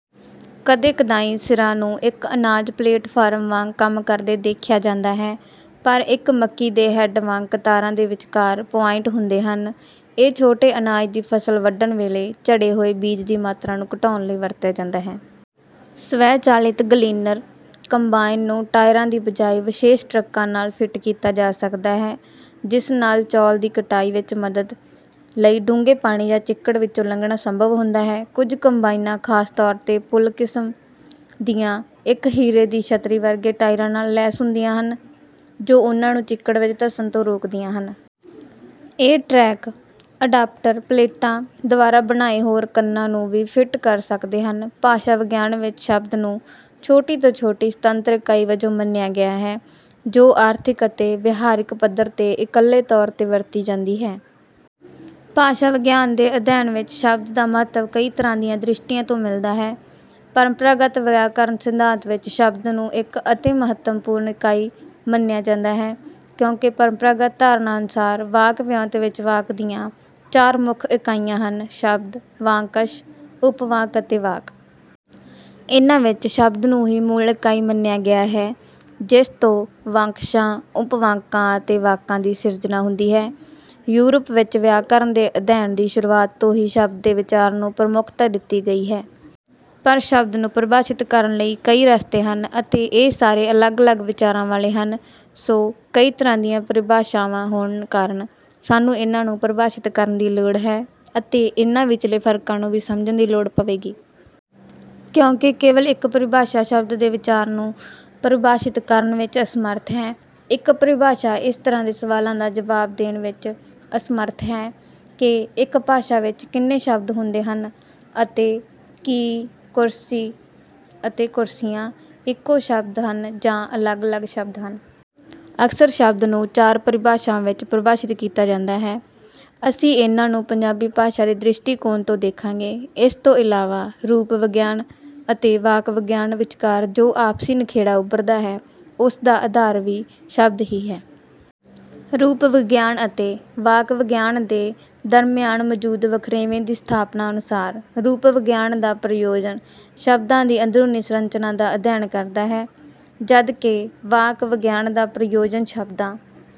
ਕਦੀ-ਕਦਾਈਂ ਸਿਰਾਂ ਨੂੰ ਇੱਕ ਅਨਾਜ ਪਲੇਟਫਾਰਮ ਵਾਂਗ ਕੰਮ ਕਰਦੇ ਦੇਖਿਆ ਜਾਂਦਾ ਹੈ, ਪਰ ਇੱਕ ਮੱਕੀ ਦੇ ਹੈੱਡ ਵਾਂਗ ਕਤਾਰਾਂ ਦੇ ਵਿਚਕਾਰ ਪੁਆਇੰਟ ਹੁੰਦੇ ਹਨ। ਇਹ ਛੋਟੇ ਅਨਾਜ ਦੀ ਫ਼ਸਲ ਵੱਢਣ ਵੇਲੇ ਝੜੇ ਹੋਏ ਬੀਜ ਦੀ ਮਾਤਰਾ ਨੂੰ ਘਟਾਉਣ ਲਈ ਵਰਤਿਆ ਜਾਂਦਾ ਹੈ। ਸਵੈ-ਚਾਲਿਤ ਗਲੀਨਰ ਕੰਬਾਈਨ ਨੂੰ ਟਾਇਰਾਂ ਦੀ ਬਜਾਏ ਵਿਸ਼ੇਸ਼ ਟਰੈਕਾਂ ਨਾਲ ਫਿੱਟ ਕੀਤਾ ਜਾ ਸਕਦਾ ਹੈ, ਜਿਸ ਨਾਲ ਚੌਲ ਦੀ ਕਟਾਈ ਵਿੱਚ ਮਦਦ ਲਈ ਡੂੰਘੇ ਪਾਣੀ ਜਾਂ ਚਿੱਕੜ ਵਿੱਚੋਂ ਲੰਘਣਾ ਸੰਭਵ ਹੁੰਦਾ ਹੈ। ਕੁਝ ਕੰਬਾਈਨਾਂ, ਖ਼ਾਸ ਤੌਰ ’ਤੇ ਪੁੱਲ ਕਿਸਮ ਦੀਆਂ, ਇੱਕ ਹੀਰੇ ਦੀ ਛੱਤਰੀ ਵਰਗੇ ਟਾਇਰਾਂ ਨਾਲ ਲੈਸ ਹੁੰਦੀਆਂ ਹਨ, ਜੋ ਉਨ੍ਹਾਂ ਨੂੰ ਚਿੱਕੜ ਵਿੱਚ ਧੱਸਣ ਤੋਂ ਰੋਕਦੀਆਂ ਹਨ। ਇਹ ਟਰੈਕ ਅਡਾਪਟਰ ਪਲੇਟਾਂ ਦੁਆਰਾ ਬਣਾਏ ਹੋਰ ਕੰਨਾਂ ਨੂੰ ਵੀ ਫਿੱਟ ਕਰ ਸਕਦੇ ਹਨ। ਭਾਸ਼ਾ-ਵਿਗਿਆਨ ਵਿੱਚ ‘ਸ਼ਬਦ’ ਨੂੰ ਛੋਟੀ ਤੋਂ ਛੋਟੀ ਸੁਤੰਤਰ ਇਕਾਈ ਵਜੋਂ ਮੰਨਿਆ ਗਿਆ ਹੈ, ਜੋ ਆਰਥਿਕ ਅਤੇ ਵਿਹਾਰਿਕ ਪੱਧਰ ’ਤੇ ਇੱਕਲੇ ਤੌਰ ’ਤੇ ਵਰਤੀ ਜਾਂਦੀ ਹੈ। ਭਾਸ਼ਾ-ਵਿਗਿਆਨ ਦੇ ਅਧਿਐਨ ਵਿੱਚ ‘ਸ਼ਬਦ’ ਦਾ ਮਹੱਤਵ ਕਈ ਤਰ੍ਹਾਂ ਦੀਆਂ ਦ੍ਰਿਸ਼ਟੀਆਂ ਤੋਂ ਮਿਲਦਾ ਹੈ। ਪਰੰਪਰਾਗਤ ਵਿਆਕਰਨ ਸਿਧਾਂਤ ਵਿੱਚ ‘ਸ਼ਬਦ’ ਨੂੰ ਇੱਕ ਅਤਿ ਮਹੱਤਵਪੂਰਨ ਇਕਾਈ ਮੰਨਿਆ ਜਾਂਦਾ ਹੈ। ਕਿਉਂਕਿ ਪਰੰਪਰਾਗਤ ਧਾਰਨਾ ਅਨੁਸਾਰ ਵਾਕ-ਵਿਓਂਤ ਵਿੱਚ ਵਾਕ ਦੀਆਂ ਚਾਰ ਪ੍ਰਮੁੱਖ ਇਕਾਈਆਂ ਹਨ—ਸ਼ਬਦ, ਵਾਕੰਸ਼, ਉਪਵਾਕ ਅਤੇ ਵਾਕ। ਇਨ੍ਹਾਂ ਵਿੱਚੋਂ ‘ਸ਼ਬਦ’ ਨੂੰ ਹੀ ਮੂਲ ਇਕਾਈ ਮੰਨਿਆ ਗਿਆ ਹੈ, ਜਿਸ ਤੋਂ ਵਾਕੰਸ਼ਾਂ, ਉਪਵਾਕਾਂ ਅਤੇ ਵਾਕਾਂ ਦੀ ਸਿਰਜਣਾ ਹੁੰਦੀ ਹੈ। ਯੂਰਪ ਵਿੱਚ ਵਿਆਕਰਨ ਦੇ ਅਧਿਐਨ ਦੀ ਸ਼ੁਰੂਆਤ ਤੋਂ ਹੀ ‘ਸ਼ਬਦ’ ਦੇ ਵਿਚਾਰ ਨੂੰ ਪ੍ਰਮੁੱਖਤਾ ਦਿੱਤੀ ਗਈ ਹੈ। ਪਰ ਸ਼ਬਦ ਨੂੰ ਪਰਿਭਾਸ਼ਿਤ ਕਰਨ ਲਈ ਕਈ ਰਸਤੇ ਹਨ ਅਤੇ ਇਹ ਸਾਰੇ ਅਲੱਗ-ਅਲੱਗ ਵਿਚਾਰਾਂ ਵਾਲੇ ਹਨ। ਸੋ, ਕਈ ਤਰ੍ਹਾਂ ਦੀਆਂ ਪਰਿਭਾਸ਼ਾਵਾਂ ਹੋਣ ਕਾਰਨ ਸਾਨੂੰ ਇਨ੍ਹਾਂ ਨੂੰ ਪਰਿਭਾਸ਼ਿਤ ਕਰਨ ਦੀ ਲੋੜ ਹੈ ਅਤੇ ਇਨ੍ਹਾਂ ਵਿਚਲੇ ਫ਼ਰਕਾਂ ਨੂੰ ਵੀ ਸਮਝਣ ਦੀ ਲੋੜ ਪਵੇਗੀ। ਕਿਉਂਕਿ ਕੇਵਲ ਇੱਕ ਪਰਿਭਾਸ਼ਾ ‘ਸ਼ਬਦ’ ਦੇ ਵਿਚਾਰ ਨੂੰ ਪਰਿਭਾਸ਼ਿਤ ਕਰਨ ਵਿੱਚ ਅਸਮਰੱਥ ਹੈ। ਇੱਕ ਪਰਿਭਾਸ਼ਾ ਇਸ ਤਰ੍ਹਾਂ ਦੇ ਸਵਾਲਾਂ ਦਾ ਜਵਾਬ ਦੇਣ ਵਿੱਚ ਅਸਮਰੱਥ ਹੈ ਕਿ ਇੱਕ ਭਾਸ਼ਾ ਵਿੱਚ ਕਿੰਨੇ ਸ਼ਬਦ ਹੁੰਦੇ ਹਨ ਅਤੇ ਕੀ ‘ਕੁਰਸੀ’ ਅਤੇ ‘ਕੁਰਸੀਆਂ’ ਇੱਕੋ ਸ਼ਬਦ ਹਨ ਜਾਂ ਅਲੱਗ-ਅਲੱਗ ਸ਼ਬਦ ਹਨ। ਅਕਸਰ ‘ਸ਼ਬਦ’ ਨੂੰ ਚਾਰ ਪਰਿਭਾਸ਼ਾਵਾਂ ਵਿੱਚ ਪਰਿਭਾਸ਼ਿਤ ਕੀਤਾ ਜਾਂਦਾ ਹੈ। ਅਸੀਂ ਇਨ੍ਹਾਂ ਨੂੰ ਪੰਜਾਬੀ ਭਾਸ਼ਾ ਦੇ ਦ੍ਰਿਸ਼ਟੀਕੋਣ ਤੋਂ ਦੇਖਾਂਗੇ। ਇਸ ਤੋਂ ਇਲਾਵਾ, ਰੂਪ-ਵਿਗਿਆਨ ਅਤੇ ਵਾਕ-ਵਿਗਿਆਨ ਵਿਚਕਾਰ ਜੋ ਆਪਸੀ ਨਿਖੇੜਾ ਉਭਰਦਾ ਹੈ, ਉਸ ਦਾ ਆਧਾਰ ਵੀ ‘ਸ਼ਬਦ’ ਹੀ ਹੈ। ਰੂਪ-ਵਿਗਿਆਨ ਅਤੇ ਵਾਕ-ਵਿਗਿਆਨ ਦੇ ਦਰਮਿਆਨ ਮੌਜੂਦ ਵਖਰੇਵੇਂ ਦੀ ਸਥਾਪਨਾ ਅਨੁਸਾਰ, ਰੂਪ-ਵਿਗਿਆਨ ਦਾ ਪ੍ਰਯੋਜਨ ਸ਼ਬਦਾਂ ਦੀ ਅੰਦਰੂਨੀ ਸੰਰਚਨਾ ਦਾ ਅਧਿਐਨ ਕਰਨਾ ਹੈ, ਜਦਕਿ ਵਾਕ-ਵਿਗਿਆਨ ਦਾ ਪ੍ਰਯੋਜਨ ਸ਼ਬਦਾਂ...